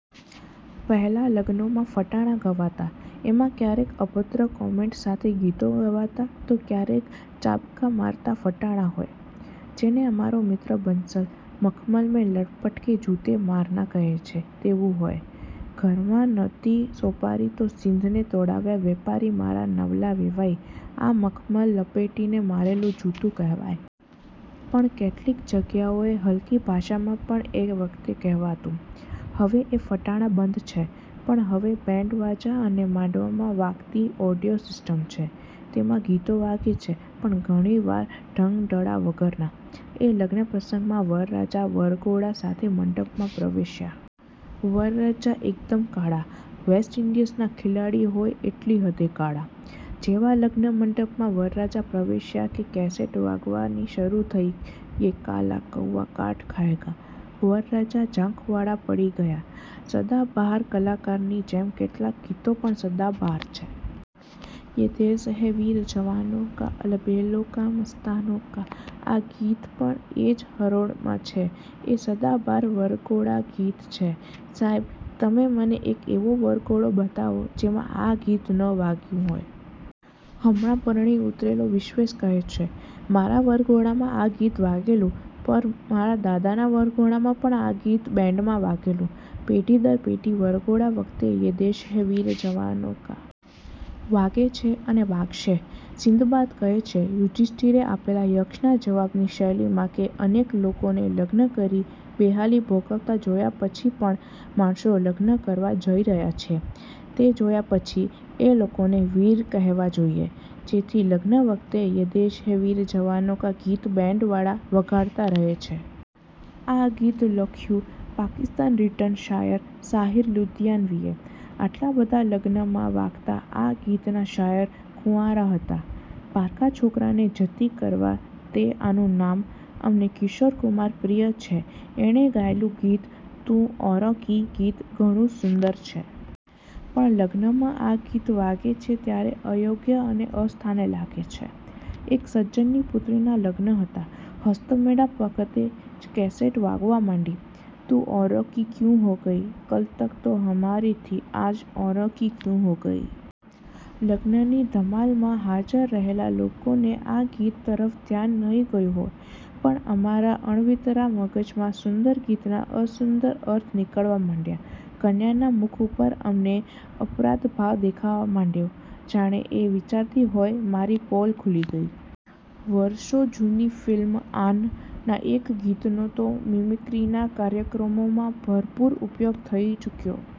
પહેલાં લગ્નોમાં ફટાણાં ગવાતાં. એમાં ક્યારેક અભદ્ર કોમેન્ટ સાથે ગીતો ગવાતાં, તો ક્યારેક ચાબખા મારતાં ફટાણાં હોય. જેને અમારા મિત્ર બંસલ, 'મખમલ મેં લપેટ કે જૂતે મારના' કહે છે તેવું હોય. 'ઘરમાં ન'તી સોપારી તો શીદને તેડાવ્યા વેપારી મારા નવલા વેવાઈ' આ મખમલ લપેટીને મારેલું જૂતું કહેવાય. પણ કેટલીક જગ્યાઓએ હલકી ભાષામાં પણ એ વખતે કહેવાતું. હવે એ ફટાણાં બંધ છે. પણ હવે બૅન્ડવાજા અને માંડવામાં વાગતી 'ઑડિયો સિસ્ટમ' છે. તેમાં ગીતો વાગે છે, પણ ઘણી વાર ઢંગધડા વગરનાં. એક લગ્ન પ્રસંગમાં વરરાજા વરઘોડા સાથે મંડપમાં પ્રવેશ્યા. વરરાજા એકદમ કાળા… વેસ્ટ ઈન્ડિઝના ખેલાડી હોય એટલી હદે કાળા. જેવા લગ્ન મંડપમાં વરરાજા પ્રવેશ્યા કે કેસેટ વાગવી શરૂ થઈ 'યે કાલા કૌવા કાટ ખાયેંગા… ' વરરાજા ઝંખવાણા પડી ગયા. સદાબહાર કલાકારની જેમ કેટલાંક ગીતો પણ સદાબહાર છે. 'યે દેશ હૈ વીર જવાનો કા, અલબેલો કા મસ્તાનો કા… ' આ ગીત પણ એ જ હરોળમાં છે એ સદાબહાર વરઘોડા ગીત છે. સાહેબ… તમે મને એક એવો વરઘોડો બતાવો જેમાં આ ગીત ન વાગ્યું હોય. હમણાં પરણી ઊતરેલો વિશ્વેશ કહે છે, "મારા વરઘોડામાં આ ગીત વાગેલું પણ મારા દાદાના વરઘોડામાં પણ આ ગીત બેન્ડમાં વાગેલું. " પેઢી દર પેઢી વરઘોડા વખતે 'યે દેશ હૈ વીર જવાનો કા' વાગે છે અને વાગશે, સિંદબાદ કહે છે, યુધિષ્ઠિરે આપેલા યક્ષના જવાબની શૈલીમાં કે અનેક લોકોને લગ્ન કરી બેહાલી ભોગવતા જોયા પછી પણ માણસો લગ્ન કરવા જઈ રહ્યા છે, તે જોયા પછી એ લોકોને 'વીર' કહેવા જોઈએ, જેથી લગ્ન વખતે 'યે દેશ હૈ વીર જવાનો કા' ગીત બેન્ડવાળા વગાડતા રહે છે. આ ગીત લખ્યું પાકિસ્તાન રિટર્ન શાયર સાહિર લુધિયાનવીએ, આટલાં બધાં લગ્નમાં વાગતા આ ગીતના શાયર કુંવારા હતા. પારકા છોકરાને જતિ કરવા તે આનું નામ. અમને કિશોરકુમાર પ્રિય છે. એણે ગાયેલું ગીત 'તૂં ઔરો કી' ગીત ઘણું સુંદર છે. પણ લગ્નમાં આ ગીત વાગે છે ત્યારે અયોગ્ય અને અસ્થાને લાગે છે. એક સજ્જનની પુત્રીનાં લગ્ન હતાં. હસ્તમેળાપ વખતે જ કેસેટ વાગવા માંડી, 'તૂં ઔરો કી ક્યું હો ગઈ! કલ તક તો હમારી થી… આજ ઔરો કી ક્યું હો ગઈ? ' લગ્નની ધમાલમાં હાજર રહેલા લોકોને આ ગીત તરફ ધ્યાન નહીં ગયું હોય, પણ અમારા અળવીતરા મગજમાં સુંદર ગીતના અસુંદર અર્થ નીકળવા માંડ્યા. કન્યાના મુખ ઉપર અમને અપરાધભાવ દેખાવા માંડયો. જાણે એ વિચારતી હોય 'મારી પોલ ખૂલી ગઈ. ' વરસો જૂની ફિલ્મ 'આન' ના એક ગીતનો તો મિમિક્રીના કાર્યક્રમોમાં ભરપૂર ઉપયોગ થઈ ચૂક્યો